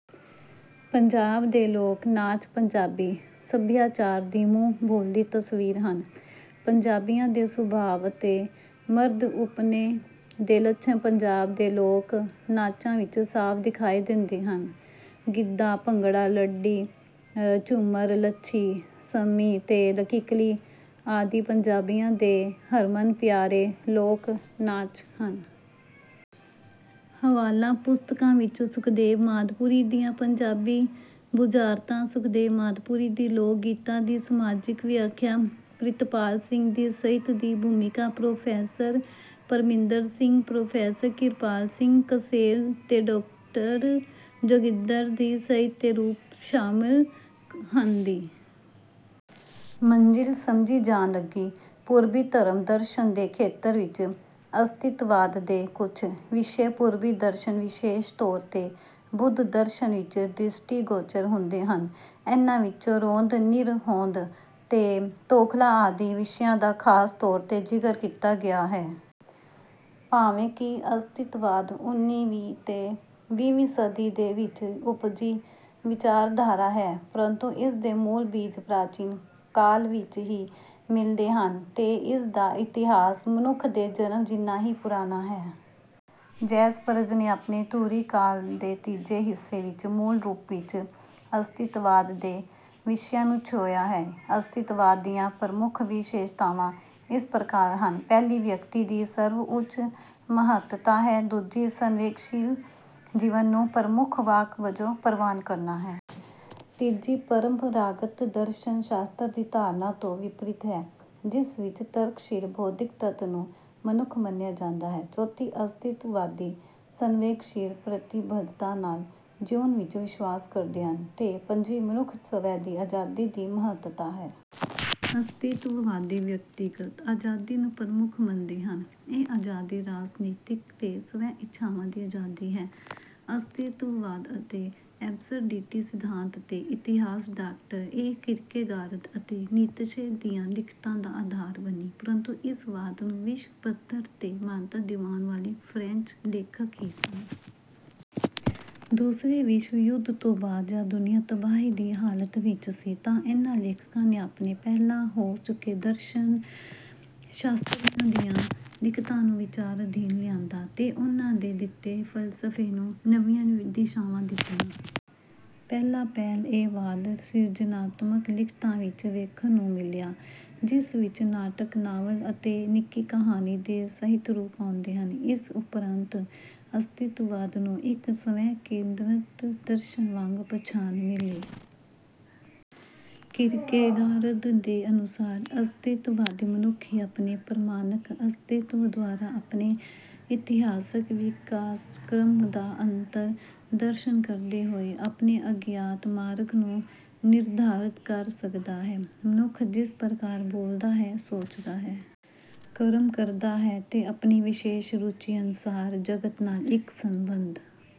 ਪੰਜਾਬ ਦੇ ਲੋਕ ਨਾਚ ਪੰਜਾਬੀ ਸੱਭਿਆਚਾਰ ਦੀ ਮੂੰਹ ਬੋਲਦੀ ਤਸਵੀਰ ਹਨ। ਪੰਜਾਬੀਆਂ ਦੇ ਸੁਭਾਅ ਅਤੇ ਮਰਦਉਪਣੇ ਦੇ ਲੱਛਣ ਪੰਜਾਬ ਦੇ ਲੋਕ ਨਾਚਾਂ ਵਿੱਚ ਸਾਫ਼ ਦਿਖਾਈ ਦਿੰਦੇ ਹਨ। ਗਿੱਧਾ, ਭੰਗੜਾ, ਲੁੱਡੀ, ਝੂੰਮਰ, ਲੱਛੀ, ਸੰਮੀ ਅਤੇ ਕਿੱਕਲੀ ਆਦਿ ਪੰਜਾਬੀਆਂ ਦੇ ਹਰਮਨ ਪਿਆਰੇ ਲੋਕ ਨਾਚ ਹਨ। ਹਵਾਲਾ ਪੁਸਤਕਾਂ ਵਿੱਚ ਸੁਖਦੇਵ ਮਾਦਪੁਰੀ ਦੀਆਂ ਪੰਜਾਬੀ ਬੁਝਾਰਤਾਂ, ਸੁਖਦੇਵ ਮਾਦਪੁਰੀ ਦੀ ਲੋਕ ਗੀਤਾਂ ਦੀ ਸਮਾਜਿਕ ਵਿਆਖਿਆ, ਪ੍ਰਿਤਪਾਲ ਸਿੰਘ ਦੀ ਸਾਹਿਤ ਦੀ ਭੂਮਿਕਾ, ਪ੍ਰੋ. ਪ੍ਰਮਿੰਦਰ ਸਿੰਘ, ਪ੍ਰੋ. ਕਿਰਪਾਲ ਸਿੰਘ ਕਸੇਲ ਅਤੇ ਡਾ. ਜੋਗਿੰਦਰ ਦੀ ਸਾਹਿਤ ਦੇ ਰੂਪ ਸ਼ਾਮਲ ਹਨ। ਦੀ ਮੰਜ਼ਿਲ ਸਮਝੀ ਜਾਣ ਲੱਗੀ। ਪੂਰਬੀ ਧਰਮ ਦਰਸ਼ਨ ਦੇ ਖੇਤਰ ਵਿੱਚ ਅਸਤਿਤਵਾਦ ਦੇ ਕੁਝ ਵਿਸ਼ੇ ਪੂਰਬੀ ਦਰਸ਼ਨ, ਵਿਸ਼ੇਸ਼ ਤੌਰ ਤੇ ਬੁੱਧ ਦਰਸ਼ਨ ਵਿੱਚ ਦ੍ਰਿਸ਼ਟੀਗੋਚਰ ਹੁੰਦੇ ਹਨ। ਇਨ੍ਹਾਂ ਵਿੱਚੋਂ ਹੋਂਦ, ਨਿਰਹੋਂਦ ਅਤੇ ਤੌਖਲਾ ਆਦਿ ਵਿਸ਼ਿਆਂ ਦਾ ਖਾਸ ਤੌਰ ਤੇ ਜ਼ਿਕਰ ਕੀਤਾ ਗਿਆ ਹੈ। ਭਾਵੇਂ ਕਿ ਅਸਤਿਤਵਾਦ ਉੱਨੀਵੀਂ ਅਤੇ ਵੀਹਵੀਂ ਸਦੀ ਦੇ ਵਿੱਚ ਉਪਜੀ ਵਿਚਾਰਧਾਰਾ ਹੈ, ਪਰੰਤੂ ਇਸ ਦੇ ਮੂਲ ਬੀਜ ਪ੍ਰਾਚੀਨ ਕਾਲ ਵਿੱਚ ਹੀ ਮਿਲਦੇ ਹਨ। ਅਤੇ ਇਸ ਦਾ ਇਤਿਹਾਸ ਮਨੁੱਖ ਦੇ ਜਨਮ ਜਿੰਨਾ ਹੀ ਪੁਰਾਣਾ ਹੈ। ਜੈਸਪਰਜ਼ ਨੇ ਆਪਣੇ ਧੁਰਈ ਕਾਲ ਦੇ ਤੀਜੇ ਹਿੱਸੇ ਵਿੱਚ ਮੂਲ ਰੂਪ ਵਿੱਚ ਅਸਤਿਤਵਾਦ ਦੇ ਵਿਸ਼ਿਆਂ ਨੂੰ ਛੋਹਿਆ ਹੈ। ਅਸਤਿਤਵਾਦ ਦੀਆਂ ਪ੍ਰਮੁੱਖ ਵਿਸ਼ੇਸ਼ਤਾਵਾਂ ਇਸ ਪ੍ਰਕਾਰ ਹਨ। ਪਹਿਲੀ ਵਿਅਕਤੀ ਦੀ ਸਰਵ ਉੱਚ ਮਹੱਤਤਾ ਹੈ। ਦੂਜੀ ਸੰਵੇਗਸ਼ੀਲ ਜੀਵਨ ਨੂੰ ਪ੍ਰਮੁੱਖ ਵਾਹਕ ਵਜੋਂ ਪ੍ਰਵਾਨ ਕਰਨਾ ਹੈ। ਤੀਜੀ ਪਰੰਪਰਾਗਤ ਦਰਸ਼ਨ ਸ਼ਾਸਤਰ ਦੀ ਧਾਰਨਾ ਤੋਂ ਵਿਪਰੀਤ ਹੈ, ਜਿਸ ਵਿੱਚ ਤਰਕਸ਼ੀਲ ਬੌਧਿਕ ਤੱਤ ਨੂੰ ਮਨੁੱਖ ਮੰਨਿਆ ਜਾਂਦਾ ਹੈ। ਚੌਥੀ ਅਸਤਿਤਵਵਾਦੀ ਸੰਵੇਗਸ਼ੀਲ ਪ੍ਰਤੀਬੱਧਤਾ ਨਾਲ ਜਿਊਣ ਵਿੱਚ ਵਿਸ਼ਵਾਸ ਕਰਦੇ ਹਨ। ਅਤੇ ਪੰਜਵੀਂ ਮਨੁੱਖ ਸਵੈ ਦੀ ਆਜ਼ਾਦੀ ਦੀ ਮਹੱਤਤਾ ਹੈ। ਅਸਤਿਤਵਵਾਦੀ ਵਿਅਕਤੀਗਤ ਆਜ਼ਾਦੀ ਨੂੰ ਪ੍ਰਮੁੱਖ ਮੰਨਦੇ ਹਨ। ਇਹ ਆਜ਼ਾਦੀ ਰਾਜਨੀਤਿਕ ਅਤੇ ਸਵੈ ਇੱਛਾਵਾਂ ਦੀ ਆਜ਼ਾਦੀ ਹੈ। ਅਸਤਿਤਵਵਾਦ ਅਤੇ ਐਬਸਰਡਿਟੀ ਸਿਧਾਂਤ ਤੇ ਇਤਿਹਾਸ, ਡਾ. ਇਹ ਕਿਰਕੇਗਾਰਦ ਅਤੇ ਨੀਤਸ਼ੇ ਦੀਆਂ ਲਿਖਤਾਂ ਦਾ ਆਧਾਰ ਬਣੀ। ਪਰੰਤੂ ਇਸ ਵਾਦ ਨੂੰ ਵਿਸ਼ਵ ਪੱਧਰ ਤੇ ਮਾਨਤਾ ਦਿਵਾਉਣ ਵਾਲੇ ਫਰੈਂਚ ਲੇਖਕ ਹੀ ਸਨ। ਦੂਸਰੇ ਵਿਸ਼ਵ ਯੁੱਧ ਤੋਂ ਬਾਅਦ ਜਦ ਦੁਨੀਆ ਤਬਾਹੀ ਦੀ ਹਾਲਤ ਵਿੱਚ ਸੀ, ਤਾਂ ਇਨ੍ਹਾਂ ਲੇਖਕਾਂ ਨੇ ਆਪਣੇ ਪਹਿਲਾਂ ਹੋ ਚੁੱਕੇ ਦਰਸ਼ਨ ਸ਼ਾਸਤਰੀਆਂ ਦੀਆਂ ਲਿਖਤਾਂ ਨੂੰ ਵਿਚਾਰ ਅਧੀਨ ਲਿਆਂਦਾ, ਅਤੇ ਉਨ੍ਹਾਂ ਦੇ ਦਿੱਤੇ ਫਲਸਫੇ ਨੂੰ ਨਵੀਆਂ ਦਿਸ਼ਾਵਾਂ ਦਿੱਤੀਆਂ। ਪਹਿਲਾਂ ਪਹਿਲ ਇਹ ਵਾਦ ਸਿਰਜਨਾਤਮਕ ਲਿਖਤਾਂ ਵਿੱਚ ਵੇਖਣ ਨੂੰ ਮਿਲਿਆ, ਜਿਸ ਵਿੱਚ ਨਾਟਕ, ਨਾਵਲ ਅਤੇ ਨਿੱਕੀ ਕਹਾਣੀ ਦੇ ਸਾਹਿਤ ਰੂਪ ਆਉਂਦੇ ਹਨ। ਇਸ ਉਪਰੰਤ ਅਸਤਿਤਵਾਦ ਨੂੰ ਇੱਕ ਸਵੈ ਕੇਂਦਰਤ ਦਰਸ਼ਨ ਵਾਂਗ ਪਛਾਣ ਮਿਲੀ। ਕਿਰਕੇਗਾਰਦ ਦੇ ਅਨੁਸਾਰ ਅਸਤਿਤਵਾਦੀ ਮਨੁੱਖ ਹੀ ਆਪਣੇ ਪ੍ਰਮਾਣਕ ਅਸਤਿਤਵ ਦੁਆਰਾ, ਆਪਣੇ ਇਤਿਹਾਸਕ ਵਿਕਾਸਕ੍ਰਮ ਦਾ ਅੰਤਰ ਦਰਸ਼ਨ ਕਰਦੇ ਹੋਏ, ਆਪਣੇ ਅਗਿਆਤ ਮਾਰਗ ਨੂੰ ਨਿਰਧਾਰਤ ਕਰ ਸਕਦਾ ਹੈ। ਮਨੁੱਖ ਜਿਸ ਪ੍ਰਕਾਰ ਬੋਲਦਾ ਹੈ, ਸੋਚਦਾ ਹੈ, ਕਰਮ ਕਰਦਾ ਹੈ ਅਤੇ ਆਪਣੀ ਵਿਸ਼ੇਸ਼ ਰੁਚੀ ਅਨੁਸਾਰ ਜਗਤ ਨਾਲ ਇੱਕ ਸੰਬੰਧ